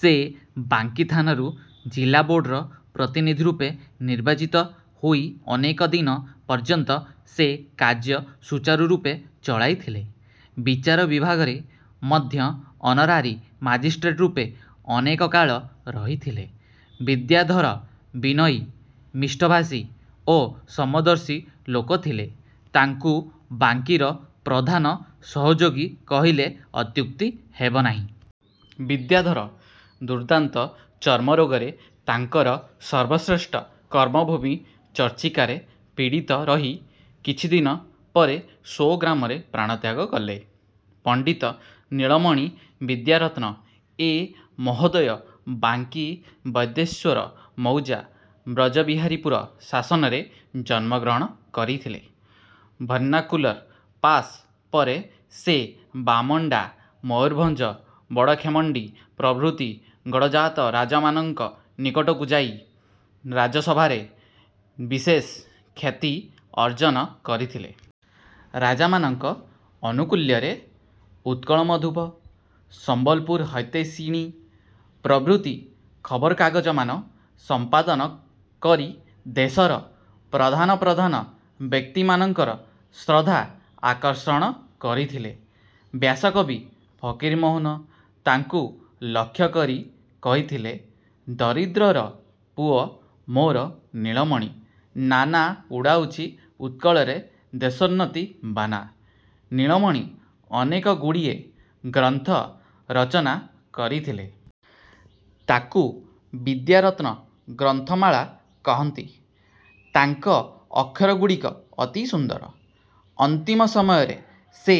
ସେ ବାଙ୍କୀ ଥାନାରୁ ଜିଲାବୋର୍ଡ଼ର ପ୍ରତିନିଧିରୂପେ ନିର୍ବାଚିତ ହୋଇ ଅନେକ ଦିନ ପର୍ଯ୍ୟନ୍ତ ସେ କାର୍ଯ୍ୟ ସୂଚାରୁରୂପେ ଚଳାଇଥିଲେ। ବିଚାର ବିଭାଗରେ ମଧ୍ୟ ଅନରାରୀ ମାଜିଷ୍ଟ୍ରେଟରୂପେ ଅନେକ କାଳ ରହିଥିଲେ। ବିଦ୍ୟାଧର ବିନୟୀ, ମିଷ୍ଟଭାଷୀ ଓ ସମଦର୍ଶୀ ଲୋକ ଥିଲେ। ତାଙ୍କୁ ବାଙ୍କୀର ପ୍ରଧାନ ସହଯୋଗୀ କହିଲେ ଅତ୍ୟୁକ୍ତି ହେବ ନାହିଁ। ବିଦ୍ୟାଧର ଦୁର୍ଦାନ୍ତ ଚର୍ମରୋଗରେ ତାଙ୍କର ସର୍ବଶ୍ରେଷ୍ଠ କର୍ମଭୂମି ଚର୍ଚ୍ଚିକାରେ ପୀଡ଼ିତ ରହି କିଛିଦିନ ପରେ ସ୍ଵଗ୍ରାମରେ ପ୍ରାଣତ୍ୟାଗ କଲେ। ପଣ୍ଡିତ ନୀଳମଣି ବିଦ୍ୟାରତ୍ନ ଏ ମହୋଦୟ ବାଙ୍କୀ ବୈଦ୍ୟେଶ୍ଵର ମୌଜା ବ୍ରଜବିହାରୀପୁର ଶାସନରେ ଜନ୍ମଗ୍ରହଣ କରିଥିଲେ। ଭର୍ଣ୍ଣାକ୍ୟୁଲର ପାଶ୍ ପରେ ସେ ବାମଣ୍ଡା, ମୟୂରଭଞ୍ଜ, ବଡ଼ଖେମଣ୍ଡି ପ୍ରଭୃତି ଗଡ଼ଜାତ ରାଜାମାନଙ୍କ ନିକଟକୁ ଯାଇ ରାଜାସଭାରେ ବିଶେଷ ଖ୍ୟାତି ଅର୍ଜନ କରିଥିଲେ। ରାଜାମାନଙ୍କ ଆନୁକୁଲ୍ୟରେ "ଉତ୍କଳ−ମଧୁପ", "ସମ୍ବଲପୁର−ହିତୈଷିଣୀ'' ପ୍ରଭୃତି ଖବରକାଗଜମାନ ସଂପାଦନ କରି ଦେଶର ପ୍ରଧାନ ପ୍ରଧାନ ବ୍ୟକ୍ତିମାନଙ୍କର ଶ୍ରଦ୍ଧା ଆକର୍ଷଣ କରିଥିଲେ। ବ୍ୟାସକବି ଫକୀରମୋହନ ତାଙ୍କୁ ଲକ୍ଷ୍ୟ କରି କହିଥିଲେ- "ଦରିଦ୍ରର ପୁଅ ମୋର ନୀଳମଣି ନାନା ଉଡ଼ାଉଛି ଉତ୍କଳରେ ଦେଶୋନ୍ନତି ବାନା। '' ନୀଳମଣି ଅନେକଗୁଡ଼ିଏ ଗ୍ରନ୍ଥ ରଚନା କରିଥିଲେ। ତାକୁ "ବିଦ୍ୟାରତ୍ନ−ଗ୍ରନ୍ଥମାଳା'' କହନ୍ତି। ତାଙ୍କ ଅକ୍ଷରଗୁଡ଼ିକ ଅତି ସୁନ୍ଦର। ଅନ୍ତିମ ସମୟରେ ସେ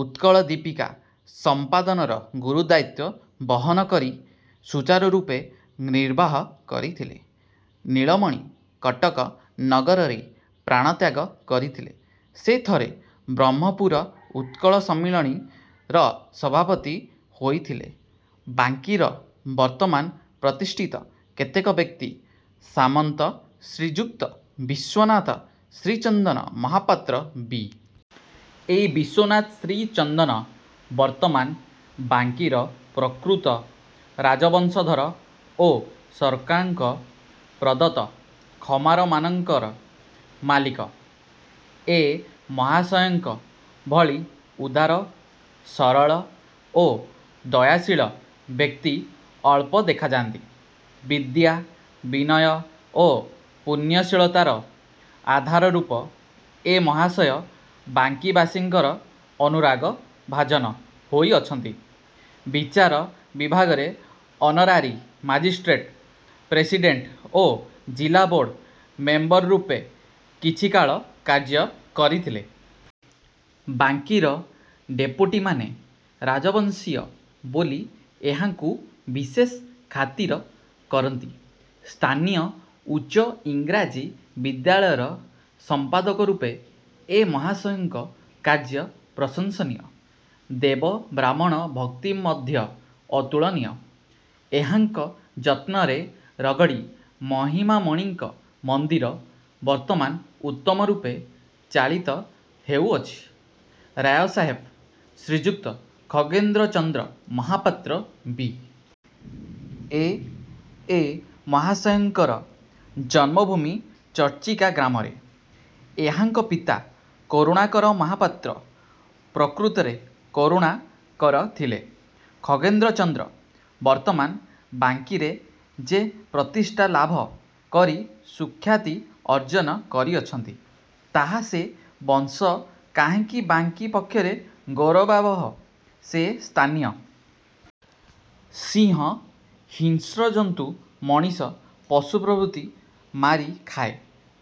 "ଉତ୍କଳ−ଦୀପିକା" ସଂପାଦନର ଗୁରୁ ଦାୟିତ୍ଵ ବହନ କରି ସୂଚାରୁରୂପେ ନିର୍ବାହ କରିଥିଲେ। ନୀଳମଣି କଟକ ନଗରରେ ପ୍ରାଣତ୍ୟାଗ କରିଥିଲେ। ସେ ଥରେ "ବ୍ରହ୍ମପୁର ଉତ୍କଳ−ସମ୍ମିଳନୀ''ର ସଭାପତି ହୋଇଥିଲେ। ବାଙ୍କୀର ବର୍ତ୍ତମାନ ପ୍ରତିଷ୍ଠିତ କେତେକ ବ୍ୟକ୍ତି- ସାମନ୍ତ ଶ୍ରୀଯୁକ୍ତ ବିଶ୍ଵନାଥ ଶ୍ରୀଚନ୍ଦନ ମହାପାତ୍ର ବି. ଏ. ବିଶ୍ଵନାଥ ଶ୍ରୀଚନ୍ଦନ ବର୍ତ୍ତମାନ ବାଙ୍କୀର ପ୍ରକୃତ ରାଜବଂଶଧର ଓ ସରକାରଙ୍କ ପ୍ରଦତ୍ତ ଖମାରମାନଙ୍କର ମାଲିକ। ଏ ମହାଶୟଙ୍କ ଭଳି ଉଦାର, ସରଳ ଓ ଦୟାଶୀଳ ବ୍ୟକ୍ତି ଅଳ୍ପ ଦେଖାଯାନ୍ତି। ବିଦ୍ୟା, ବିନୟ ଓ ପୁଣ୍ୟଶୀଳତାର ଆଧାରରୂପେ ଏ ମହାଶୟ ବାଙ୍କୀବାସୀଙ୍କର ଅନୁରାଗ−ଭାଜନ ହୋଇଅଛନ୍ତି। ବିଚାର ବିଭାଗରେ ଅନରାରୀ ମାଜିଷ୍ଟେଟ୍, ପ୍ରେସିଡ଼େଣ୍ଟ ଓ ଜିଲାବୋର୍ଡ଼ ମେମ୍ବରରୂପେ କିଛି କାଳ କାର୍ଯ୍ୟ କରିଥିଲେ। ବାଙ୍କୀର ଡିପୋଟିମାନେ ରାଜବଂଶୀୟ ବୋଲି ଏହାଙ୍କୁ ବିଶେଷ ଖାତିର କରନ୍ତି। ସ୍ଥାନୀୟ ଉଚ୍ଚ ଇଂରାଜୀ ବିଦ୍ୟାଳୟର ସମ୍ପାଦକରୂପେ ଏ ମହାଶୟଙ୍କ କାର୍ଯ୍ୟ ପ୍ରଶଂସନୀୟ। ଦେବ−ବ୍ରାହ୍ମଣ−ଭକ୍ତି ମଧ୍ୟ ଅତୁଳନୀୟ। ଏହାଙ୍କ ଯତ୍ନରେ ରଗଡ଼ି ମହିମାମଣିଙ୍କ ମନ୍ଦିର ବର୍ତ୍ତମାନ ଉତ୍ତମରୂପେ ଚାଳିତ ହେଉଅଛି। ରାୟସାହେବ ଶ୍ରୀଯୁକ୍ତ ଖଗେନ୍ଦ୍ରଚନ୍ଦ୍ର ମହାପାତ୍ର ବି. ଏ. ଏ ମହାଶୟଙ୍କର ଜନ୍ମଭୂମି ଚର୍ଚ୍ଚିକା ଗ୍ରାମରେ। ଏହାଙ୍କ ପିତା କରୁଣାକର ମହାପାତ୍ର ପ୍ରକୃତରେ କରୁଣା କର ଥିଲେ। ଖଗେନ୍ଦ୍ରଚନ୍ଦ୍ର ବର୍ତ୍ତମାନ ବାଙ୍କୀରେ ଯେ ପ୍ରତିଷ୍ଠା ଲାଭ କରି ସୁଖ୍ୟାତି ଅର୍ଜନ କରିଅଛନ୍ତି, ତାହା ସେ ବଂଶ କାହିଁକି ବାଙ୍କୀ ପକ୍ଷରେ ଗୌରବାବହ। ସେ ସ୍ଥାନୀୟ। ସିଂହ ହିଂସ୍ରଜନ୍ତୁ-ମଣିଷ, ପଶୁ ପ୍ରଭୃତି ମାରି ଖାଏ।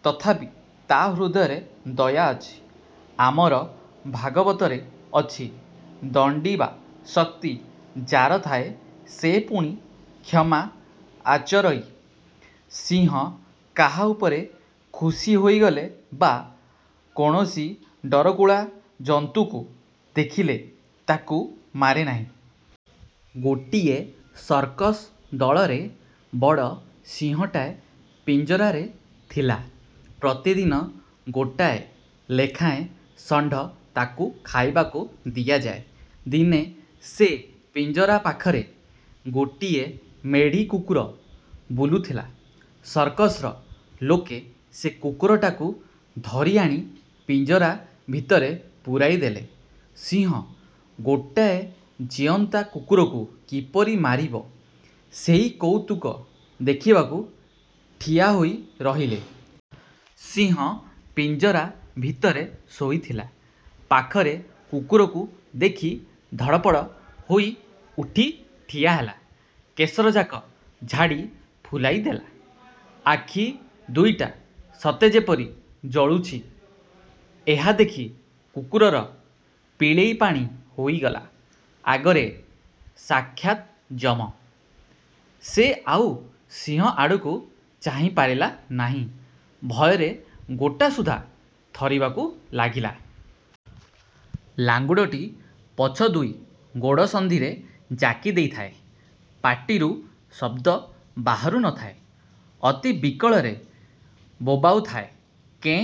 ତଥାପି ତା' ହୃଦୟରେ ଦୟା ଅଛି। ଆମର ଭାଗବତରେ ଅଛି- ''ଦଣ୍ଡିବା ଶକ୍ତି ଯାର ଥାଇ, ସେ ପୁଣି କ୍ଷମା ଆଚରଇ। '' ସିଂହ କାହା ଉପରେ ଖୁସି ହୋଇଗଲେ ବା କୌଣସି ଡରକୁଳା ଜନ୍ତୁକୁ ଦେଖିଲେ, ତାକୁ ମାରେ ନାହିଁ। ଗୋଟିଏ ସର୍କସ ଦଳରେ ବଡ଼ ସିଂହଟାଏ ପିଞ୍ଜରାରେ ଥିଲା। ପ୍ରତିଦିନ ଗୋଟାଏ ଲେଖାଏଁ ଷଣ୍ଢ ତାକୁ ଖାଇବାକୁ ଦିଆଯାଏ। ଦିନେ ସେ ପିଞ୍ଜରାପାଖରେ ଗୋଟିଏ ମେଢ଼ୀ କୁକୁର ବୁଲୁଥିଲା। ସର୍କସର ଲୋକେ ସେ କୁକୁରଟାକୁ ଧରିଆଣି ପିଞ୍ଜରା ଭିତରେ ପୁରାଇଦେଲେ। ସିଂହ ଗୋଟାଏ ଜୀଅନ୍ତା କୁକୁରକୁ କିପରି ମାରିବ, ସେଇ କଉତୁକ ଦେଖିବାକୁ ଠିଆହୋଇ ରହିଲେ। ସିଂହ ପିଞ୍ଜରା ଭିତରେ ଶୋଇଥିଲା। ପାଖରେ କୁକୁରକୁ ଦେଖି ଧଡ଼ପଡ଼ ହୋଇ ଉଠି ଠିଆ ହେଲା। କେଶରଯାକ ଝାଡ଼ି ଫୁଲାଇଦେଲା। ଆଖି ଦୁଇଟା ସତେ ଯେପରି ଜଳୁଛି। ଏହା ଦେଖି କୁକୁରର ପିଳେଇ ପାଣି ହୋଇଗଲା। ଆଗରେ ସାକ୍ଷାତ ଯମ! ସେ ଆଉ ସିଂହ ଆଡ଼କୁ ଚାହିଁପାରିଲା ନାହିଁ, ଭୟରେ ଗୋଟାସୁଦ୍ଧା ଥରିବାକୁ ଲାଗିଲା। ଲାଙ୍ଗୁଡ଼ଟି ପଛ ଦୁଇ ଗୋଡ଼ ସନ୍ଧିରେ ଜାକି ଦେଇଥାଏ। ପାଟିରୁ ଶବ୍ଦ ବାହାରୁ ନ ଥାଏ। ଅତି ବିକଳରେ ବୋବାଉଥାଏ-କେଁ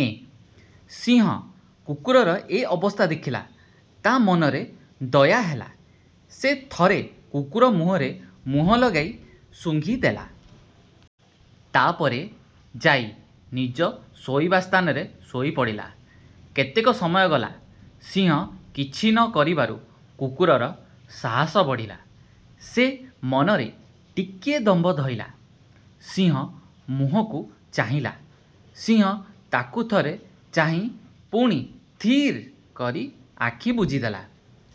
ଏଁ। ସିଂହ କୁକୁରର ଏ ଅବସ୍ଥା ଦେଖିଲା। ତା' ମନରେ ଦୟା ହେଲା। ସେ ଥରେ କୁକୁର ମୁହଁରେ ମୁହଁ ଲଗାଇ ଶୁଙ୍ଘି ଦେଲା। ତା'ପରେ ଯାଇ ନିଜ ଶୋଇବା ସ୍ଥାନରେ ଶୋଇପଡ଼ିଲା। କେତେକ ସମୟ ଗଲା; ସିଂହ କିଛି ନ କରିବାରୁ କୁକୁରର ସାହସ ବଢ଼ିଲା। ସେ ମନରେ ଟିକିଏ ଦମ୍ଭ ଧଇଲା; ସିଂହ ମୁଁହକୁ ଚାହିଁଲା। ସିଂହ ତାକୁ ଥରେ ଚାହିଁ ପୁଣି ଥିର୍ କରି ଆଖି ବୁଜିଦେଲା।